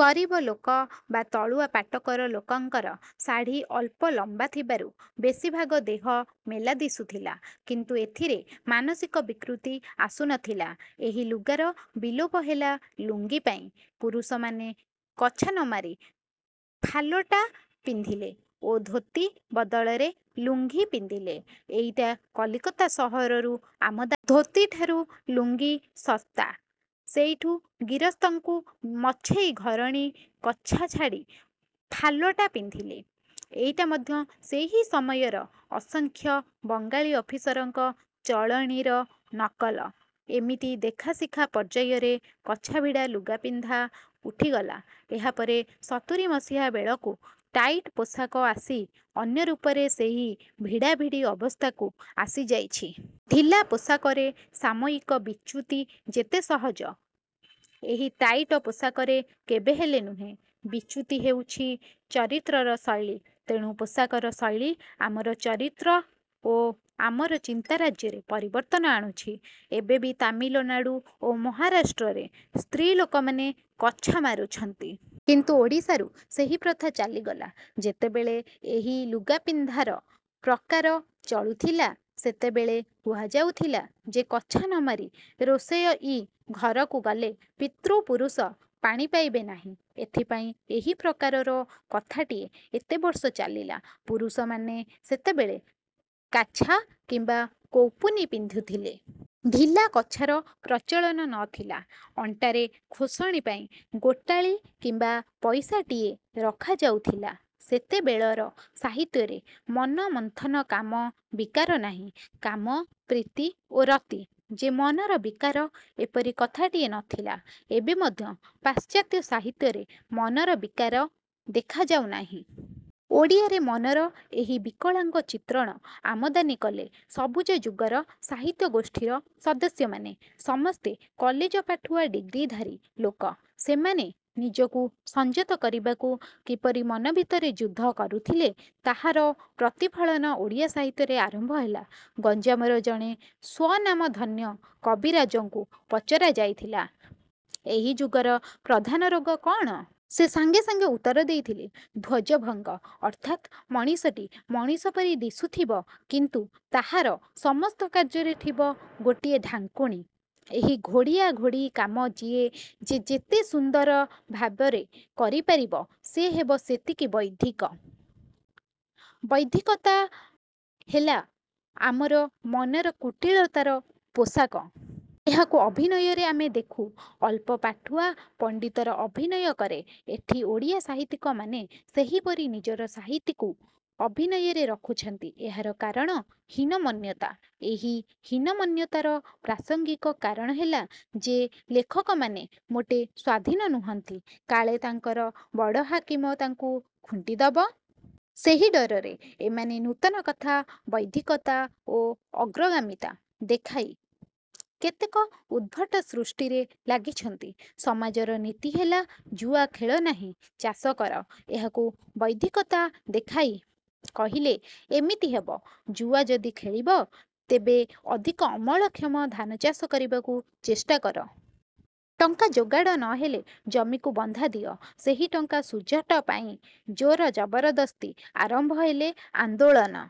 ଗରିବ ଲୋକ ବା ତଳୁଆ ପାଟକର ଲୋକଙ୍କର ଶାଢ଼ୀ ଅଳ୍ପ ଲମ୍ୱା ଥିବାରୁ ବେଶି ଭାଗ ଦେହ ମେଲା ଦିଶୁଥିଲା। କିନ୍ତୁ ଏଥିରେ ମାନସିକ ବିକୃତି ଆସୁ ନ ଥିଲା। ଏହି ଲୁଗାର ବିଲୋପ ହେଲା ଲୁଙ୍ଗି ପାଇଁ। ପୁରୁଷମାନେ କଛା ନ ମାରି ଫାଲଟା ପିନ୍ଧିଲେ ଓ ଧୋତି ବଦଳରେ ଲୁଙ୍ଗି ପିନ୍ଧିଲେ-ଏଇଟା କଲିକତା ସହରରୁ ଆମଦାନି। ଧୋତିଠାରୁ ଲୁଙ୍ଗି ଶସ୍ତା। ସେଇଠୁ ଗିରସ୍ତଙ୍କୁ ମଛେଇ ଘରଣୀ କଛା ଛାଡ଼ି ଫାଲଟା ପିନ୍ଧିଲେ। ଏଇଟା ମଧ୍ୟ ସେହି ସମୟର ଅସଂଖ୍ୟ ବଙ୍ଗାଳୀ ଅଫିସରଙ୍କ ଚଳଣୀର ନକଲ। ଏମିତି ଦେଖା ଶିଖା ପର୍ଯ୍ୟାୟରେ କଛାଭିଡ଼ା ଲୁଗାପିନ୍ଧା ଉଠିଗଲା। ଏହାପରେ ସତୁରୀମସିହା ବେଳକୁ ଟାଇଟ୍ ପୋଷାକ ଆସି ଅନ୍ୟ ରୂପରେ ସେହି ଭିଡ଼ାଭିଡ଼ି ଅବସ୍ଥାକୁ ଆସିଯାଇଛି। ଢିଲା ପୋଷାକରେ ସାମୟିକ ବିଚ୍ୟୁତି ଯେତେ ସହଜ, ଏହି ଟାଇଟ ପୋଷାକରେ କେବେହେଲେ ନୁହେଁ। ବିଚ୍ୟୁତି ହେଉଛି ଚରିତ୍ରର ଶୈଳୀ। ତେଣୁ ପୋଷାକର ଶୈଳୀ ଆମର ଚରିତ୍ର ଓ ଆମର ଚିନ୍ତାରାଜ୍ୟରେ ପରିବର୍ତ୍ତନ ଆଣୁଛି। ଏବେ ବି ତାମିଲନାଡ଼ୁ ଓ ମହାରାଷ୍ଟ୍ରରେ ସ୍ତ୍ରୀ ଲୋକମାନେ କଛା ମାରୁଛନ୍ତି। କିନ୍ତୁ ଓଡ଼ିଶାରୁ ସେହି ପ୍ରଥା ଚାଲିଗଲା। ଯେତେବେଳେ ଏହି ଲୁଗାପିନ୍ଧାର ପ୍ରକାର ଚଳୁଥିଲା ସେତେବେଳେ କୁହାଯାଉଥିଲା ଯେ କଛା ନ ମାରି ରୋଷୟଇ ଘରକୁ ଗଲେ ପିତୃପୁରୁଷ ପାଣି ପାଇବେ ନାହିଁ। ଏଥିପାଇଁ ଏହି ପ୍ରକାରର କଥାଟିଏ ଏତେବର୍ଷ ଚାଲିଲା। ପୁରୁଷମାନେ ସେତେବେଳେ କାଛା କିମ୍ୱା କୌପୁନୀ ପିନ୍ଧୁଥିଲେ। ଢିଲା କଛାର ପ୍ରଚଳନ ନ ଥିଲା। ଅଣ୍ଟାରେ ଖୋସଣୀ ପାଇଁ ଗୋଟାଳି କିମ୍ୱା ପଇସାଟିଏ ରଖାଯାଉଥିଲା। ସେତେବେଳର ସାହିତ୍ୟରେ ମନ-ମନ୍ଥନ କାମ ବିକାର ନାହିଁ। କାମ, ପ୍ରୀତି ଓ ରତି ଯେ ମନର ବିକାର-ଏପରି କଥାଟିଏ ନ ଥିଲା। ଏବେ ମଧ୍ୟ ପାଶ୍ଚାତ୍ୟ ସାହିତ୍ୟରେ ମନର ବିକାର ଦେଖାଯାଉ ନାହିଁ। ଓଡ଼ିଆରେ ମନର ଏହି ବିକଳାଙ୍ଗ ଚିତ୍ରଣ ଆମଦାନି କଲେ ସବୁଜଯୁଗର ସାହିତ୍ୟଗୋଷ୍ଠୀର ସଦସ୍ୟମାନେ। ସମସ୍ତେ କଲେଜ ପାଠୁଆ ଡିଗ୍ରିଧାରୀ ଲୋକ। ସେମାନେ ନିଜକୁ ସଞ୍ଜତ କରିବାକୁ କିପରି ମନଭିତରେ ଯୁଦ୍ଧ କରୁଥିଲେ ତାହାର ପ୍ରତିଫଳନ ଓଡ଼ିଆ ସାହିତ୍ୟରେ ଆରମ୍ଭ ହେଲା। ଗଞ୍ଜାମର ଜଣେ ସ୍ୱନାମଧନ୍ୟ କବିରାଜଙ୍କୁ ପଚରା ଯାଇଥିଲା ଏହି ଯୁଗର ପ୍ରଧାନ ରୋଗ କ'ଣ? ସେ ସାଙ୍ଗେ ସାଙ୍ଗେ ଉତ୍ତର ଦେଇଥିଲେ-ଧ୍ୱଜଭଙ୍ଗ। ଅର୍ଥାତ୍ ମଣିଷଟି ମଣିଷ ପରି ଦିଶୁଥିବ କିନ୍ତୁ ତାହାର ସମସ୍ତ କାର୍ଯ୍ୟରେ ଥିବ ଗୋଟିଏ ଢାଙ୍କୁଣି। ଏହି ଘୋଡ଼ିଆ ଘୋଡ଼ି କାମ ଯିଏ ଯେତେ ସୁନ୍ଦର ଭାବରେ କରିପାରିବ ସେ ହେବ ସେତିକି ବୌଦ୍ଧିକ। ବୌଦ୍ଧିକତା ହେଲା ଆମର ମନର କୁଟିଳତାର ପୋଷାକ। ଏହାକୁ ଅଭିନୟରେ ଆମେ ଦେଖୁ। ଅଳ୍ପ ପାଠୁଆ ପଣ୍ତିତର ଅଭିନୟ କରେ। ଏଠି ଓଡ଼ିଆ ସାହିତ୍ୟିକମାନେ ସେହିପରି ନିଜର ସାହିତ୍ୟିକୁ ଅଭିନୟରେ ରଖୁଛନ୍ତି। ଏହାର କାରଣ ହୀନମନ୍ୟତା। ଏହି ହୀନମନ୍ୟତାର ପ୍ରାସଙ୍ଗିକ କାରଣ ହେଲା ଯେ ଲେଖକମାନେ ମୋଟେ ସ୍ୱାଧୀନ ନୁହନ୍ତି। କାଳେ ତାଙ୍କର ବଡ଼ ହାକିମ ତାଙ୍କୁ ଖୁଣ୍ଟି ଦବ। ସେହି ଡରରେ ଏମାନେ ନୂତନ କଥା, ବୌଦ୍ଧିକତା ଓ ଅଗ୍ରଗାମିତା ଦେଖାଇ କେତେକ ଉଦ୍ଭଟ ସୃଷ୍ଟିରେ ଲାଗିଛନ୍ତି। ସମାଜର ନୀତି ହେଲା-ଜୁଆ ଖେଳ ନାହିଁ। ଚାଷ କର। ଏହାକୁ ବୌଦ୍ଧିକତା ଦେଖାଇ କହିଲେ ଏମିତି ହେବ-ଜୁଆ ଯଦି ଖେଳିବ ତେବେ ଅଧିକ ଅମଳକ୍ଷମ ଧାନଚାଷ କରିବାକୁ ଚେଷ୍ଟା କର। ଟଙ୍କା ଯୋଗାଡ଼ ନ ହେଲେ ଜମିକୁ ବନ୍ଧା ଦିଅ। ସେହି ଟଙ୍କା ଶୁଝଟ ପାଇଁ ଜୋର ଜବରଦସ୍ତି ଆରମ୍ଭ ହେଲେ ଆନ୍ଦୋଳନ